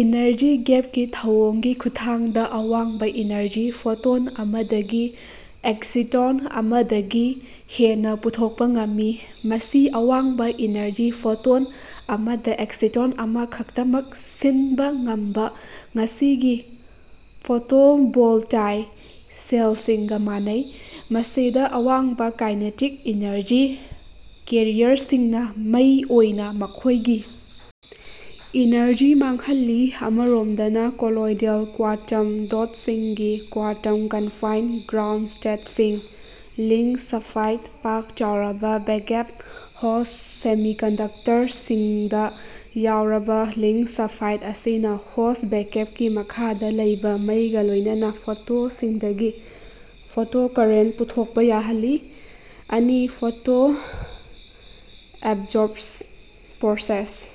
Energy gap ꯀꯤ ꯊꯧꯑꯣꯡꯒꯤ ꯈꯨꯠꯊꯥꯡꯗ ꯑꯋꯥꯡꯕ-ꯏꯅꯔꯖꯤ ꯐꯣꯇꯣꯟ ꯑꯃꯗꯒꯤ ꯑꯦꯛꯁꯤꯇꯣꯟ ꯑꯃꯗꯒꯤ ꯍꯦꯟꯅ ꯄꯨꯊꯣꯛꯄ ꯉꯝꯃꯤ꯫ ꯃꯁꯤ ꯑꯋꯥꯡꯕ-ꯏꯅꯔꯖꯤ ꯐꯣꯇꯣꯟ ꯑꯃꯗ ꯑꯦꯛꯁꯤꯇꯣꯟ ꯑꯃꯈꯛꯇꯃꯛ ꯁꯤꯟꯕ ꯉꯝꯕ ꯉꯁꯤꯒꯤ ꯐꯣꯇꯣꯚꯣꯜꯇꯥꯏꯛ ꯁꯦꯜꯁꯤꯡꯒ ꯃꯥꯟꯅꯩ꯫ ꯃꯁꯤꯗ ꯑꯋꯥꯡꯕ ꯀꯥꯏꯅꯦꯇꯤꯛ ꯏꯅꯔꯖꯤ ꯀꯦꯔꯤꯌꯔꯁꯤꯡꯅ ꯃꯩ ꯑꯣꯏꯅ ꯃꯈꯣꯏꯒꯤ ꯏꯅꯔꯖꯤ ꯃꯥꯡꯍꯜꯂꯤ꯫ ꯑꯃꯔꯣꯝꯗꯅ ꯀꯣꯂꯣꯏꯗꯦꯜ ꯀ꯭ꯋꯥꯟꯇꯝ ꯗꯣꯠꯁꯤꯡꯒꯤ ꯀ꯭ꯋꯥꯟꯇꯝ ꯀꯟꯐꯥꯏꯟꯗ ꯒ꯭ꯔꯥꯎꯟꯁ꯭ꯇꯦꯠꯁꯤꯡ (ꯂꯤꯡ ꯁꯜꯐꯥꯏꯗ, ꯄꯥꯛ ꯆꯥꯎꯔꯕ ꯕꯦꯟꯒꯦꯞ ꯍꯣꯁ ꯁꯦꯃꯤꯀꯟꯗꯛꯇꯔꯁꯤꯡꯗ ꯌꯥꯎꯔꯕ ꯂꯤꯡ ꯁꯥꯜꯐꯥꯏꯗ) ꯑꯁꯤꯅ ꯍꯣꯁꯠ ꯕꯦꯟꯒꯦꯞꯀꯤ ꯃꯈꯥꯗ ꯂꯩꯕ ꯃꯩꯒ ꯂꯣꯏꯅꯅ ꯐꯣꯇꯣꯟꯁꯤꯡꯗꯒꯤ ꯐꯣꯇꯣꯀꯔꯦꯟ ꯄꯨꯊꯣꯛꯄ ꯌꯥꯍꯜꯂꯤ꯫ ꯑꯅꯤ-ꯐꯣꯇꯣ ꯑꯦꯕꯖꯣꯔꯞ ꯄ꯭ꯔꯣꯁꯦꯁ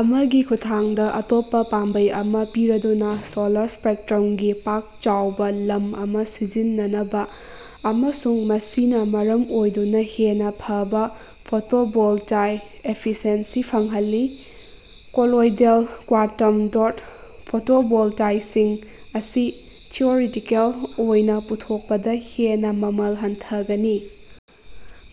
ꯑꯃꯒꯤ ꯈꯨꯠꯊꯥꯡꯗ ꯑꯇꯣꯞꯄ ꯄꯥꯝꯕꯩ ꯑꯃ ꯄꯤꯔꯗꯨꯅ ꯁꯣꯂꯔ ꯁ꯭ꯄꯦꯛꯇ꯭ꯔꯝꯒꯤ ꯄꯥꯛ ꯆꯥꯎꯕ ꯂꯝ ꯑꯃ ꯁꯤꯖꯤꯟꯅꯅꯕ ꯑꯃꯁꯨꯡ ꯃꯁꯤꯅ ꯃꯔꯝ ꯑꯣꯏꯗꯨꯅ ꯍꯦꯟꯅ ꯐꯕ ꯐꯣꯇꯣꯚꯣꯜꯇꯥꯏꯛ ꯑꯦꯐꯤꯁꯤꯑꯦꯟꯁꯤ ꯐꯪꯍꯜꯂꯤ꯫ ꯀꯣꯂꯣꯏꯗꯦꯜ ꯀ꯭ꯋꯥꯟꯇꯝ ꯗꯣꯠ ꯐꯣꯇꯣꯚꯣꯜꯇꯥꯏꯛꯁꯤꯡ ꯑꯁꯤ ꯊꯤꯑꯣꯔꯤꯇꯤꯀꯦꯜ ꯑꯣꯏꯅ ꯄꯨꯊꯣꯛꯄꯗ ꯍꯦꯟꯅ ꯃꯃꯜ ꯍꯟꯊꯒꯅꯤ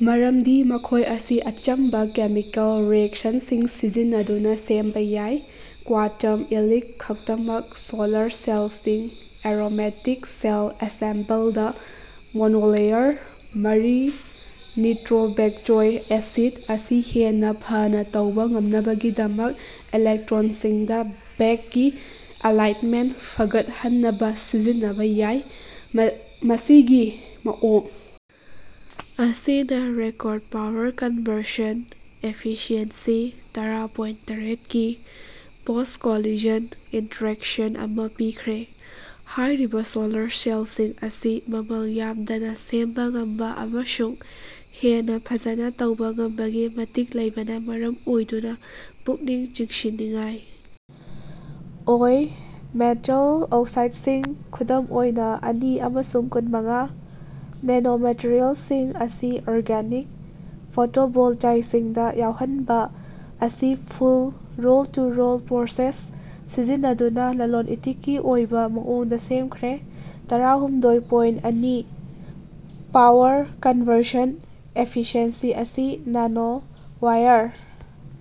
ꯃꯔꯝꯗꯤ ꯃꯈꯣꯏ ꯑꯁꯤ ꯑꯆꯝꯕ ꯀꯦꯃꯤꯀꯦꯜ ꯔꯤꯑꯦꯛꯁꯟꯁꯤꯡ ꯁꯤꯖꯤꯟꯅꯗꯨꯅ ꯁꯦꯝꯕ ꯌꯥꯏ꯫ ꯀ꯭ꯋꯥꯟꯇꯝ ꯏꯂꯤꯛ ꯈꯛꯇꯃꯛ ꯁꯣꯂꯔ ꯁꯦꯜꯁꯤꯡ ꯑꯦꯔꯣꯃꯦꯇꯤꯛ ꯁꯦꯜꯐ ꯑꯦꯁꯦꯝꯕꯜꯗ ꯃꯣꯅꯣꯂꯦꯌꯔꯁ (ꯃꯔꯤ-ꯅꯤꯇ꯭ꯔꯣꯕꯦꯟꯖꯣꯏꯛ ꯑꯦꯁꯤꯗ) ꯑꯁꯤ ꯍꯦꯟꯅ ꯐꯖꯅ ꯇꯧꯕ ꯉꯝꯅꯕꯒꯤꯗꯃꯛ ꯏꯂꯦꯛꯇ꯭ꯔꯣꯗꯁꯤꯡꯗ ꯕꯦꯒꯤ ꯑꯦꯂꯥꯏꯟꯃꯦꯟꯠ ꯐꯒꯠꯍꯟꯅꯕ ꯁꯤꯖꯤꯟꯅꯕ ꯌꯥꯏ꯫ ꯃꯁꯤꯒꯤ ꯃꯑꯣꯡ ꯑꯁꯤꯅ ꯔꯦꯀꯣꯔ꯭ꯗ ꯄꯥꯋꯔ ꯀꯟꯚꯔꯁꯟ ꯑꯦꯐꯤꯁꯤꯌꯦꯟꯁꯤ (ꯇꯔꯥ ꯄꯣꯏꯟꯠ ꯇꯔꯦꯠ ꯀꯤ ꯄꯣꯁꯇ ꯀꯣꯂꯤꯖꯟ ꯏꯟꯇꯔꯦꯛꯁꯟ ꯑꯃ ꯄꯤꯈ꯭ꯔꯦ꯫ ꯍꯥꯏꯔꯤꯕ ꯁꯣꯂꯔ ꯁꯦꯜꯁꯤꯡ ꯑꯁꯤ ꯃꯃꯜ ꯌꯥꯝꯗꯅ ꯁꯦꯝꯕ ꯉꯝꯕ ꯑꯃꯁꯨꯡ ꯍꯦꯟꯅ ꯐꯖꯅ ꯇꯧꯕ ꯉꯝꯕꯒꯤ ꯃꯇꯤꯛ ꯂꯩꯕꯅ ꯃꯔꯝ ꯑꯣꯏꯗꯨꯅ ꯄꯨꯛꯅꯤꯡ ꯆꯤꯡꯁꯤꯟꯅꯤꯡꯉꯥꯏ ꯑꯣꯏ꯫ ꯃꯦꯇꯥꯜ ꯑꯣꯛꯁꯥꯏꯗꯁꯤꯡ ꯈꯨꯗꯝ ꯑꯣꯏꯅ ꯑꯅꯤ ꯑꯃꯁꯨꯡ ꯀꯨꯟ - ꯃꯉꯥ ꯅꯦꯅꯣꯃꯦꯇ꯭ꯔꯤꯌꯜꯁꯤꯡ ꯑꯁꯤ ꯑꯣꯔꯒꯅꯤꯛ ꯐꯣꯇꯣꯚꯣꯜꯇꯥꯏꯛꯁꯤꯡꯗ ꯌꯥꯎꯍꯟꯕ ꯑꯁꯤ ꯐꯨꯜ ꯔꯣꯜ-ꯇꯨ-ꯔꯣꯜ ꯄ꯭ꯔꯣꯁꯦꯁ ꯁꯤꯖꯤꯟꯅꯗꯨꯅ ꯂꯂꯣꯟ ꯏꯇꯤꯛꯀꯤ ꯑꯣꯏꯕ ꯃꯑꯣꯡꯗ ꯁꯦꯝꯈ꯭ꯔꯦ꯫ ꯇꯔꯥꯍꯨꯝꯗꯣꯏ ꯄꯣꯏꯟꯠ ꯑꯅꯤ ꯄꯥꯋꯔ ꯀꯟꯚꯔꯁꯟ ꯑꯦꯐꯤꯁꯤꯑꯦꯟꯁꯤ ꯑꯁꯤ ꯅꯥꯅꯣꯋꯥꯏꯌꯔ